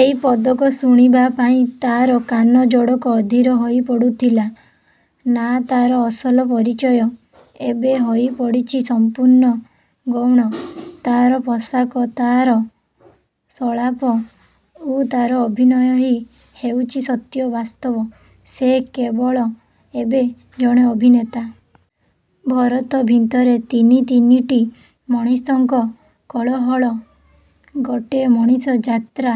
ଏଇ ପଦକ ଶୁଣିବା ପାଇଁ ତାର କାନ ଯୋଡ଼ିକ ଅଧୀର ହୋଇପଡ଼ୁଥିଲା। ନା, ତାର ଅସଲ ପରିଚୟ ଏବେ ହୋଇପଡ଼ିଛି ସଂପୂର୍ଣ୍ଣ ଗୌଣ। ତାର ପୋଷାକ, ତାର ସଂଳାପ ଓ ତାର ଅଭିନୟ ହିଁ ହେଉଛି ସତ୍ୟ, ବାସ୍ତବ। ସେ କେବଳ ଏବେ ଜଣେ ଅଭିନେତା। ଭରତ ଭିତରେ ତିନି ତିନିଟି ମଣିଷଙ୍କ କୋଳାହଳ। ଗୋଟାଏ ମଣିଷ ଯାତ୍ରା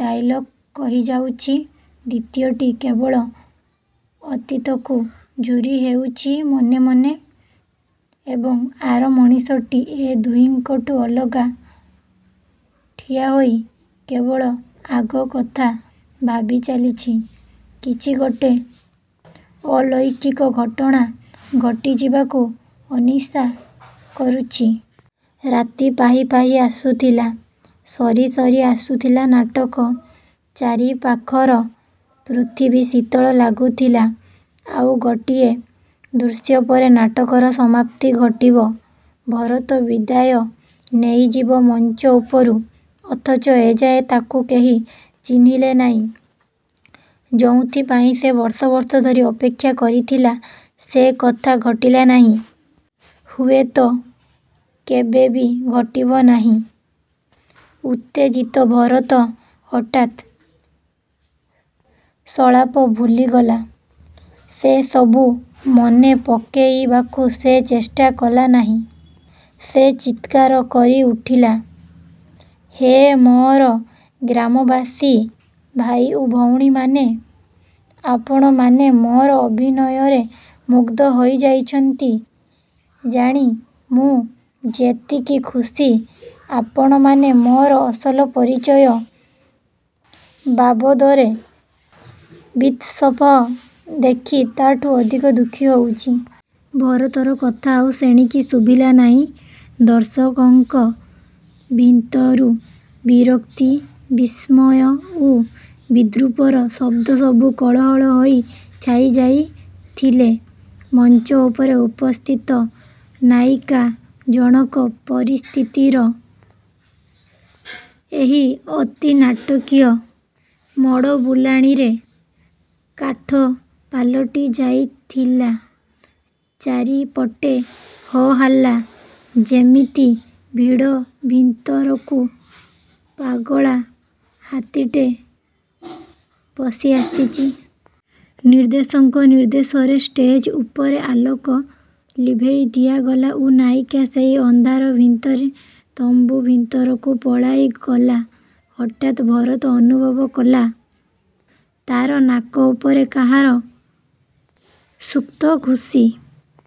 ଡାଇଲଗ କହିଯାଉଛି, ଦ୍ୱିତୀୟଟି କେବଳ ଅତୀତକୁ ଝୁରିହେଉଛି ମନେ ମନେ ଏବଂ ଆର ମଣିଷଟି ଏ ଦିହିଁଙ୍କଠୁ ଅଲଗା ଠିଆହୋଇ କେବଳ ଆଗ କଥା ଭାବିଚାଲିଛି। କିଛି ଗୋଟାଏ ଅଲୌକିକ ଘଟଣା ଘଟିଯିବାକୁ ଅନିଶା କରୁଛି। ରାତି ପାହି ପାହି ଆସୁଥିଲା। ସରିସରି ଆସୁଥିଲା ନାଟକ। ଚାରିପାଖର ପୃଥିବୀ ଶୀତଳ ଲାଗୁଥିଲା। ଆଉ ଗୋଟାଏ ଦୃଶ୍ୟ ପରେ ନାଟକର ସମାପ୍ତି ଘଟିବ। ଭରତ ବିଦାୟ ନେଇଯିବ ମଞ୍ଚ ଉପରୁ। ଅଥଚ ଏଯାଏ ତାକୁ କେହି ଚିହ୍ନିଲେ ନାହିଁ। ଯୋଉଥିପାଇଁ ସେ ବର୍ଷ ବର୍ଷ ଧରି ଅପେକ୍ଷା କରିଥିଲା ସେକଥା ଘଟିଲା ନାହିଁ। ହୁଏତ କେବେ ବି ଘଟିବ ନାହିଁ। ଉତ୍ତେଜିତ ଭରତ ହଠାତ୍ ସଂଳାପ ଭୁଲିଗଲା। ସେସବୁ ମନେପକେଇବାକୁ ସେ ଚେଷ୍ଟା କଲାନାହିଁ। ସେ ଚିତ୍କାର କରି ଉଠିଲା, "ହେ ମୋର ଗ୍ରାମବାସୀ, ଭାଇ ଓ ଭଉଣୀମାନେ। ଆପଣମାନେ ମୋର ଅଭିନୟରେ ମୁଗ୍ଧ ହୋଇଛନ୍ତି ଜାଣି ମୁଁ ଯେତିକି ଖୁସି, ଆପଣମାନେ ମୋର ଅସଲ ପରିଚୟ ବାବଦରେ ବୀତସ୍ପୃହ ଦେଖି ତାଠାରୁ ଅଧିକ ଦୁଃଖୀ ହୋଇଛି..." ଭରତର କଥା ଆଉ ସେଣିକି ଶୁଭିଲା ନାହିଁ। ଦର୍ଶକଙ୍କ ଭିତରୁ ବିରକ୍ତି, ବିସ୍ମୟ ଓ ବିଦ୍ରୂପର ଶବ୍ଦସବୁ କୋଳାହଳ ହୋଇ ଛାଇଯାଇଥିଲେ। ମଞ୍ଚ ଉପରେ ଉପସ୍ଥିତ ନାୟିକା ଜଣକ ପରିସ୍ଥିତିର ଏହି ଅତିନାଟକୀୟ ମୋଡ଼ବୁଲାଣିରେ କାଠ ପାଲଟି ଯାଇଥିଲା। ଚାରିପଟେ ହୋ-ହଲ୍ଲା। ଯେମିତି ଭିଡ଼ ଭିତରକୁ ପାଗଳା ହାତୀଟେ ପଶିଆସିଛି। ନିର୍ଦ୍ଦେଶକଙ୍କ ନିର୍ଦ୍ଦେଶରେ ଷ୍ଟେଜ୍ ଉପରର ଆଲୋକ ଲିଭେଇ ଦିଆଗଲା ଓ ନାୟିକା ସେହି ଅନ୍ଧାର ଭିତରେ ତମ୍ବୁ ଭିତରକୁ ପଳେଇଗଲା। ହଠାତ୍ ଭରତ ଅନୁଭବ କଲା, ତାର ନାକ ଉପରେ କାହାର ଶକ୍ତ ଘୁଷି।